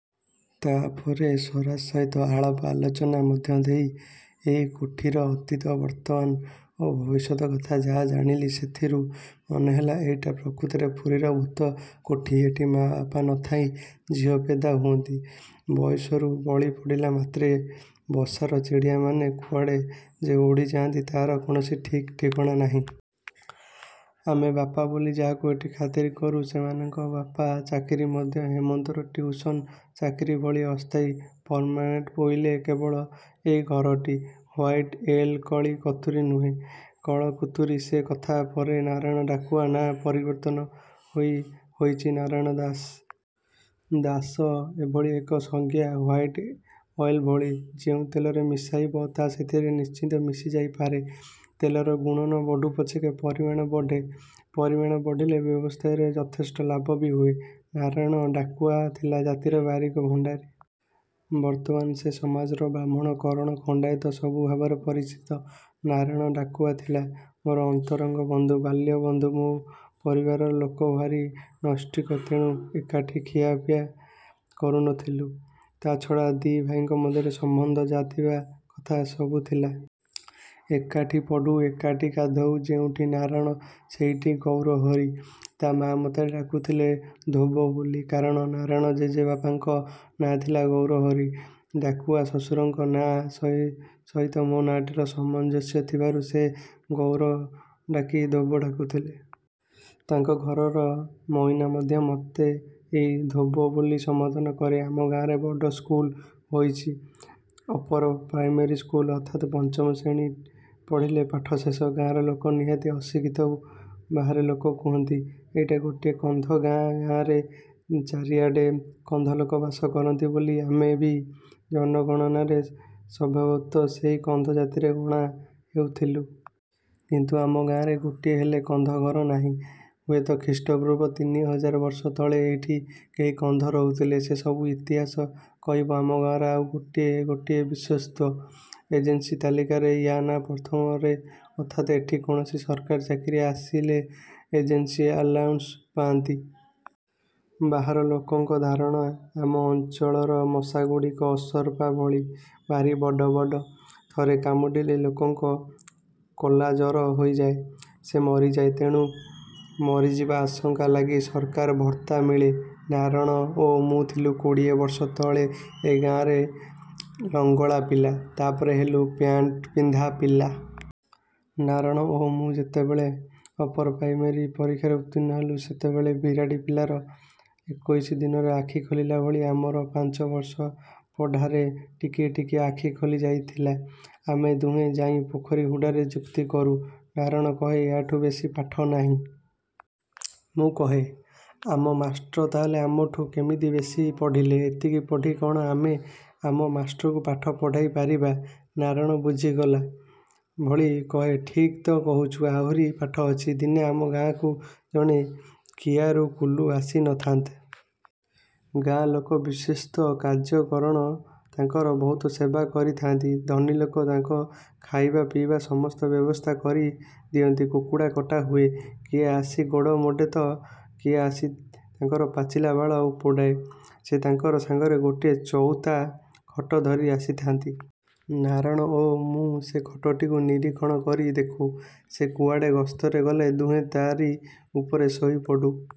ତାପରେ ସରୋଜା ସହିତ ଆଳାପ ଆଲୋଚନା ମଧ୍ୟ ଦେଇ ଏହି କୋଠିର ଅତୀତ, ବର୍ତ୍ତମାନ ଓ ଭବିଷତ୍ କଥା ଯାହା ଜାଣିଲି ସେଥିରୁ ମନେହେଲା, ଏଇଟା ପ୍ରକୃତରେ ପୁରୀର ଭୂତ କୋଠି। ଏଠି ମା'ବାପା ନ ଥାଇ ଝିଅ ପୈଦା ହୁଅନ୍ତି ବୟସ। ରୁ ବଳି ପଡ଼ିଲା ମାତ୍ରେ ବସାର ଚିଡ଼ିଆମାନେ କୁଆଡ଼େ ଯେ ଉଡ଼ିଯାଆନ୍ତି, ତାର କୌଣସି ଠିକ୍ ଠିକଣା ନାହିଁ। ଆମେ ବାପା ବୋଲି ଯାହାକୁ ଏଠି ଖାତିର କରୁ, ସେମାନଙ୍କ ବାପାଚାକିରି ମଧ୍ୟ ହେମନ୍ତର ଟ୍ୟୁସନ ଚାକିରି ଭଳି ଅସ୍ଥାୟୀ। ପର୍ମାନେଣ୍ଟ ବୋଇଲେ କେବଳ ଏଇ ଘରଟି। ହ୍ୱାଇଟ୍ ଅଏଲ କଳି କତୁରୀ ନୁହେଁ, କଳ କତୁରୀ। ସେ କଥା ପରେ….. ନାରାୟଣ ଡାକୁଆ ନାଁ ପରିବର୍ତ୍ତନ ହୋଇ ହୋଇଚି ନାରାୟଣ ଦାସ। ଦାସ ଏଭଳି ଏକ ସାଜ୍ଞା, ହ୍ୱାଇଟ୍ ଅଏଲ ଭଳି ଯେଉଁ ତେଲରେ ମିଶାଇବ, ତା ସାଥିରେ ନିଶ୍ଚିନ୍ତରେ ମିଶି ଯାଇପାରେ। ତେଲର ଗୁଣ ନ ବଢ଼ୁ ପଛକେ, ପରିମାଣ ବଢ଼େ, ପରିମାଣ ବଢ଼ିଲେ, ବ୍ୟବସାୟୀର ଯଥେଷ୍ଟ ଲାଭ ବି ହୁଏ। ନାରାୟଣ ଡାକୁଆ ଥିଲା ଜାତିରେ ବାରିକ, ଭଣ୍ଡାରୀ। ବର୍ତ୍ତମାନ ସେ ସମାଜରେ ବ୍ରାହ୍ମଣ, କରଣ, ଖଣ୍ଡେଇତ ସବୁ ଭାବରେ ପରିଚିତ। ନାରାୟଣ ଡାକୁଆ ଥିଲା ମୋର ଅନ୍ତରଙ୍ଗ ବନ୍ଧୁ। ବାଲ୍ୟବନ୍ଧୁ। ମୋ ପରିବାରର ଲୋକେ ଭାରି ନୈଷ୍ଠିକ ତେଣୁ ଏକାଠି ଖିଆପିଆ କରୁ ନଥିଲୁ, ତା ଛଡ଼ା ଦି ଭାଇଙ୍କ ମଧ୍ୟରେ ସମ୍ବନ୍ଧ ଯାହା ଥିବା କଥା, ସବୁଥିଲା। ଏକାଠି ପଢ଼ୁ, ଏକାଠି ଗାଧୋଉ—ଯେଉଁଠି ନାରଣ ସେଇଠି ଗୌରହରି। ତା ମା' ମତେ ଡାକୁଥିଲା 'ଧୋବ' ବୋଲି। କାରଣ ନାରାଣର ଜେଜପା ଙ୍କ ନାଁ ଥିଲା ଗୌରହରି ଡାକୁଆ। ଶ୍ୱଶୁରଙ୍କ ନାଁ ସହିତ ମୋ ନାଁଟାର ସାମଂଜସ୍ୟ ଥିବାରୁ ସେ ଗୌର ନ ଡାକି 'ଧୋବ' ଡାକୁଥିଲା। ତାଙ୍କ ଘରର ମଇନା ମଧ୍ୟ ମତେ ଏଇ 'ଧୋବ' ବୋଲି ସମ୍ବୋଧନ କରେ। ଆମ ଗାଁରେ ବଡ଼ ସ୍କୁଲ ହେଉଚି, ଅପରପ୍ରାଇମେରୀ ସ୍କୁଲ, ଅର୍ଥାତ୍ ପଞ୍ଚମ ଶ୍ରେଣୀ ପଢ଼ିଲେ ପାଠ ଶେଷ। ଗାଁର ଲୋକେ ନିହାତି ଅଶିକ୍ଷିତ। ବାହାର ଲୋକେ କହନ୍ତି, ଏଇଟା ଗୋଟାଏ କନ୍ଧ ଗାଁ—ଗାଁର ଚାରିଆଡ଼େ କନ୍ଧଲୋକ ବାସ କରନ୍ତି ବୋଲି, ଆମେବି ଜନଗଣନାରେ ସଂଭବତଃ ସେଇ କନ୍ଧ ଜାତିରେ ଗଣା ହେଉଥିଲୁ। କିନ୍ତୁ ଆମ ଗାଁରେ ଗୋଟିଏ ହେଲେ କନ୍ଧ ଘର ନାହିଁ। ହୁଏତ ଖ୍ରୀଷ୍ଟପୂର୍ବ ତିନି ହଜାର ବର୍ଷ ତଳେ ଏଇଠି କେହି କନ୍ଧ ରହୁଥିଲେ, ସେ ସବୁ ଇତିହାସ କହିବ। ଆମ ଗାଁର ଆଉ ଗୋଟିଏ ବିଶେଷତ୍ୱ—ଏଜେନ୍ସି ତାଲିକାରେ ୟା ନାଁ ପ୍ରଥମରେ। ଅର୍ଥାତ୍ ଏଠିକି କୌଣସି ସରକାରୀ ଚାକିରିଆ ଆସିଲେ, ଏଜେନ୍ସି ଆଲାଉନସ୍ ପାଆନ୍ତି। ବାହାର ଲୋକଙ୍କ ଧାରଣା, ଆମ ଅଞ୍ଚଳର ମଶାଗୁଡ଼ାକ ଅସରପା ଭଳି ଭାରି ବଡ଼ ବଡ଼। ଥରେ କାମୁଡ଼ିଲେ ଲୋକଙ୍କ 'କାଲାଜର' ହୋଇଯାଏ, ସେ ମରିଯାଏ। ତେଣୁ ଏଇ ମରିଯିବା ଆଶଙ୍କା ଲାଗି ସରକାରଙ୍କ ଭତ୍ତା ମିଳେ। ନାରଣ ଓ ମୁଁ ଥିଲୁ କୋଡ଼ିଏ ବର୍ଷ ତଳେ ଏ ଗାଁର ଲଙ୍ଗଳା ପିଲା, ତାପରେ ହେଲୁ ପେଣ୍ଟ ପିନ୍ଧା ପିଲା। ନାରଣ ଓ ମୁଁ ଯେତେବେଳେ ଅପରପ୍ରାଇମେରୀ ପରୀକ୍ଷାରେ ଉତ୍ତୀର୍ଣ୍ଣ ହେଲୁ, ସେତେବେଳେ, ବିରାଡ଼ି ପିଲାର ଏକୋଇଶ ଦିନରେ ଆଖିଖୋଲିଲାଭଳି ଆମର ପାଞ୍ଚ ବର୍ଷର ପଢ଼ାରେ, ଟିକିଏ ଟିକିଏ ଆଖି ଖୋଲି ଯାଇଥିଲା। ଆମେ ଦୁହେଁ ଯାଇ ପୋଖରୀ ହୁଡ଼ାରେ ଯୁକ୍ତି କରୁ—ନାରଣ କହେ ୟାଠୁ ବେଶୀ ପାଠ ନାହିଁ। ମୁଁ କହେ, ଆମ ମାଷ୍ଟ୍ରେ ତାହାହେଲେ ଆମଠୁ କିମିତି ବେଶୀ ପଢ଼ିଲେ? ଏତିକି ପଢ଼ି କ'ଣ ଆମେ ଆମ ମାଷ୍ଟ୍ରଙ୍କୁ ପାଠ ପଢ଼େଇ ପାରିବା? ନାରଣ ବୁଝିଗଲା ଭଳି କହେ, ଠିକ୍ ତ କହିଚୁ। ଆହୁରି ପାଠ ଅଛି। ଦିନେ ଆମ ଗାଁକୁ ଜଣେ କିଆରକୁଲୁ ଆସି ନଥାନ୍ତି। ଗାଁର ଲୋକେ ବିଶେଷତଃ କାର୍ଯୀ, କରଣ ତାଙ୍କର ବହୁତ ସେବା କରି ଥାଆନ୍ତି।। ଧନୀଲୋକେ, ତାଙ୍କ ଖଆଇବା ପିଇବାର ସମସ୍ତ ବ୍ୟବସ୍ଥା କରି ଦିଅନ୍ତି। କୁକୁଡ଼ା କଟାହୁଏ। କିଏ ଆସି ଗୋଡ଼ ମୋଡ଼େତ, କିଏ ଆସି ତାଙ୍କର ପାଚଲା ବାଳ ଉପୁଡ଼ାଏ। ସେ ତାଙ୍କ ସାଙ୍ଗରେ ଗୋଟାଏ ଚଉତା ଖଟ ଧରି ଆସିଥାଆନ୍ତି। ନାରଣ ଓ ମୁଁ ସେ ଖଟଟାକୁ ନିରୀକ୍ଷଣ କରି ଦେଖୁ। ସେ କୁଆଡ଼େ ଗସ୍ତରେ ଗଲେ ଦୁହେଁ ତାରି ଉପରେ ଶୋଇପଡ଼ୁ।